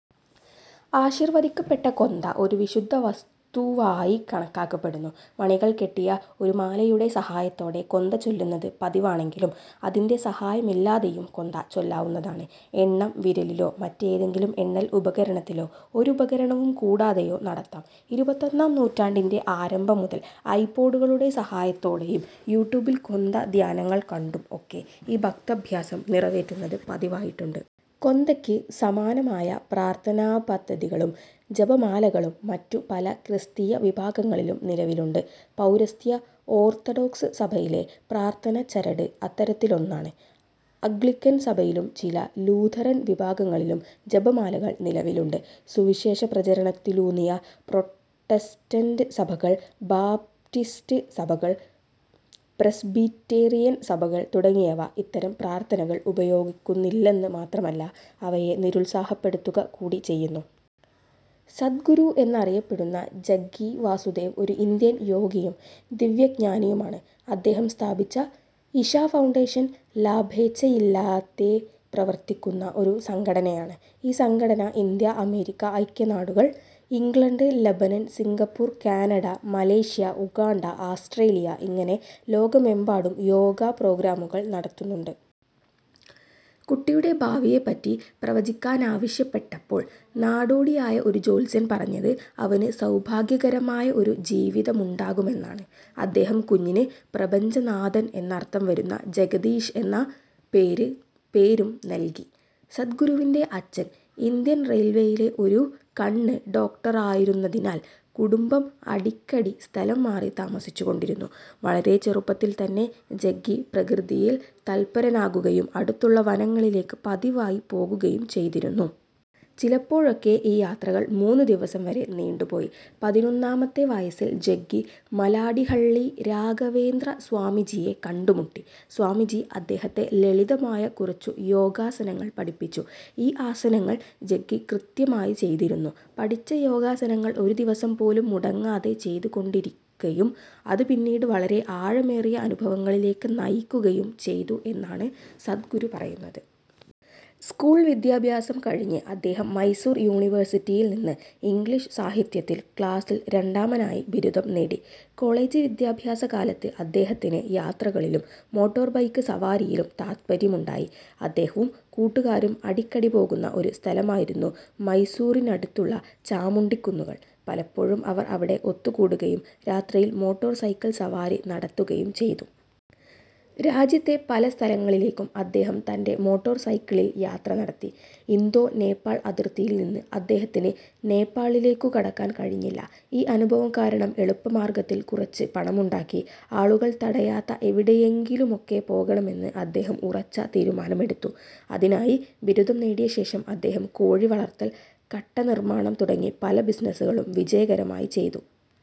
ആശീർവദിക്കപ്പെട്ട കൊന്ത ഒരു വിശുദ്ധവസ്തുവായി കണക്കാക്കപ്പെടുന്നു. മണികൾ കെട്ടിയ ഒരു മാലയുടെ സഹായത്തോടെ കൊന്ത ചൊല്ലുന്നത് പതിവാണെങ്കിലും അതിന്റെ സഹായമില്ലാതെയും കൊന്ത ചൊല്ലാവുന്നതാണ്. എണ്ണം വിരലിലോ, മറ്റേതെങ്കിലും എണ്ണൽ ഉപകരണത്തിലോ ഒരുപകരണവും കൂടാതെയോ നടത്താം. ഇരുപത്തൊന്നാം നൂറ്റാണ്ടിന്റെ ആരംഭം മുതൽ ഐ-പോഡുകളുടെ സഹായത്തോടെയും, യു-ട്യൂബിൽ കൊന്ത ധ്യാനങ്ങൾ കണ്ടും ഒക്കെ ഈ ഭക്ത്യഭ്യാസം നിറവേറ്റുന്നത് പതിവായിട്ടുണ്ട്. കൊന്തയ്ക്ക് സമാനമായ പ്രാർത്ഥനാപദ്ധതികളും ജപമാലകളും മറ്റു പല ക്രിസ്തീയ വിഭാഗങ്ങളിലും നിലവിലുണ്ട്. പൗരസ്ത്യ ഓർത്തഡോക്സ് സഭയിലെ പ്രാർത്ഥനച്ചരട് അത്തരത്തിലൊന്നാണ്. അംഗ്ലിക്കൻ സഭയിലും ചില ലൂഥറൻ വിഭാഗങ്ങളിലും ജപമാലകൾ നിലവിലുണ്ട്. സുവിശേഷപ്രചരണത്തിലൂന്നിയ പ്രൊട്ടസ്റ്റന്റ് സഭകൾ, ബാപ്റ്റിസ്റ്റ് സഭകൾ, പ്രെസ്ബിറ്റേറിയൻ സഭകൾ തുടങ്ങിയവ ഇത്തരം പ്രാർത്ഥനകൾ ഉപയോഗിക്കുന്നില്ലെന്നു മാത്രമല്ല അവയെ നിരുത്സാഹപ്പെടുത്തുക കൂടി ചെയ്യുന്നു. സദ്ഗുരു എന്നറിയപ്പെടുന്ന ജഗ്ഗി വാസുദേവ്, ഒരു ഇന്ത്യൻ യോഗിയും ദിവ്യജ്ഞാനിയുമാണ്. അദ്ദേഹം സ്ഥാപിച്ച ഇഷാ ഫൗണ്ടേഷൻ ലാഭേച്ഛയില്ലാതെ പ്രവർത്തിക്കുന്ന ഒരു സംഘടനയാണ്. ഈ സംഘടന ഇന്ത്യ, അമേരിക്കൻ ഐക്യനാടുകൾ, England, Lebanon, Singapore, Canada, Malaysia, Uganda, Australia, ഇങ്ങനെ ലോകമെമ്പാടും യോഗാ പ്രോഗ്രാമുകൾ നടത്തുന്നുണ്ട്. കുട്ടിയുടെ ഭാവിയെപ്പറ്റി പ്രവചിക്കാനാവശ്യപ്പെട്ടപ്പോൾ നാടോടിയായ ഒരു ജ്യോത്സ്യൻ പറഞ്ഞത് അവനു സൗഭാഗ്യകരമായ ഒരു ജീവിതമുണ്ടാകുമെന്നാണ്. അദ്ദേഹം, കുഞ്ഞിന് 'പ്രപഞ്ചനാഥൻ' എന്നർത്ഥം വരുന്ന 'ജഗദീശ്' എന്ന് പേരും നല്കി. സദ്ഗുരുവിന്റെ അച്ഛൻ ഇന്ത്യൻറെയിൽവേയിലെ ഒരു കണ്ണ് ഡോക്ടറായിരുന്നതിനാൽ കുടുംബം അടിക്കടി സ്ഥലം മാറി താമസിച്ചു കൊണ്ടിരുന്നു. വളരെ ചെറുപ്പത്തിൽത്തന്നെ ജഗ്ഗി പ്രകൃതിയിൽ തല്പരനാകുകയും അടുത്തുള്ള വനങ്ങളിലേക്ക് പതിവായി പോകുകയും ചെയ്തിരുന്നു. ചിലപ്പോഴൊക്കെ ഈ യാത്രകൾ മൂന്നു ദിവസം വരെ നീണ്ടു പോയി. പതിനൊന്നാമത്തെ വയസ്സിൽ ജഗ്ഗി മലാഡിഹള്ളി രാഘവേന്ദ്രസ്വാമിജിയെ കണ്ടുമുട്ടി. സ്വാമിജി അദ്ദേഹത്തെ ലളിതമായ കുറച്ചു യോഗാസനങ്ങൾ പഠിപ്പിച്ചു. ഈ ആസനങ്ങൾ ജഗ്ഗി കൃത്യമായി ചെയ്തിരുന്നു. പഠിച്ച യോഗാസനങ്ങൾ ഒരു ദിവസം പോലും മുടങ്ങാതെ ചെയ്തുകൊണ്ടിരിക്കയും, അതു പിന്നീട് വളരെ ആഴമേറിയ അനുഭവങ്ങളിലേക്കു നയിക്കുകയും ചെയ്തു എന്നാണ് സദ്ഗുരു പറയുന്നത്. സ്കൂൾ വിദ്യാഭ്യാസം കഴിഞ്ഞ് അദ്ദേഹം മൈസൂർ യൂണിവേഴ്സിറ്റിയിൽ നിന്ന് ഇംഗ്ളീഷ് സാഹിത്യത്തിൽ ക്ലാസ്സിൽ രണ്ടാമനായി ബിരുദം നേടി. കോളേജ് വിദ്യാഭ്യാസകാലത്ത് അദ്ദേഹത്തിന് യാത്രകളിലും മോട്ടോർ ബൈക്ക് സവാരിയിലും താത്പര്യമുണ്ടായി. അദ്ദേഹവും കൂട്ടുകാരും അടിക്കടി പോകുന്ന ഒരു സ്ഥലമായിരുന്നു മൈസൂറിനടുത്തുള്ള ചാമുണ്ഡിക്കുന്നുകൾ. പലപ്പോഴും അവർ അവിടെ ഒത്തുകൂടുകയും രാത്രിയിൽ മോട്ടോർ സൈക്കിൾ സവാരി നടത്തുകയും ചെയ്തു. രാജ്യത്തെ പല സ്ഥലങ്ങളിലേക്കും അദ്ദേഹം തന്റെ മോട്ടോർ സൈക്കിളിൽ യാത്ര നടത്തി. ഇന്തോ നേപ്പാൾ അതിർത്തിയിൽ നിന്ന് അദ്ദേഹത്തിന് നേപ്പാളിലേക്കു കടക്കാൻ കഴിഞ്ഞില്ല. ഈ അനുഭവം കാരണം എളുപ്പമാർഗ്ഗത്തിൽ കുറച്ചു പണമുണ്ടാക്കി, ആളുകൾ തടയാത്ത എവിടെയെങ്കിലുമൊക്കെ പോകണമെന്ന് അദ്ദേഹം ഉറച്ച തീരുമാനമെടുത്തു. അതിനായി, ബിരുദം നേടിയ ശേഷം, അദ്ദേഹം കോഴി വളർത്തൽ, കട്ടനിർമ്മാണം, തുടങ്ങി പല ബിസിനസ്സും വിജയകരമായി ചെയ്തു.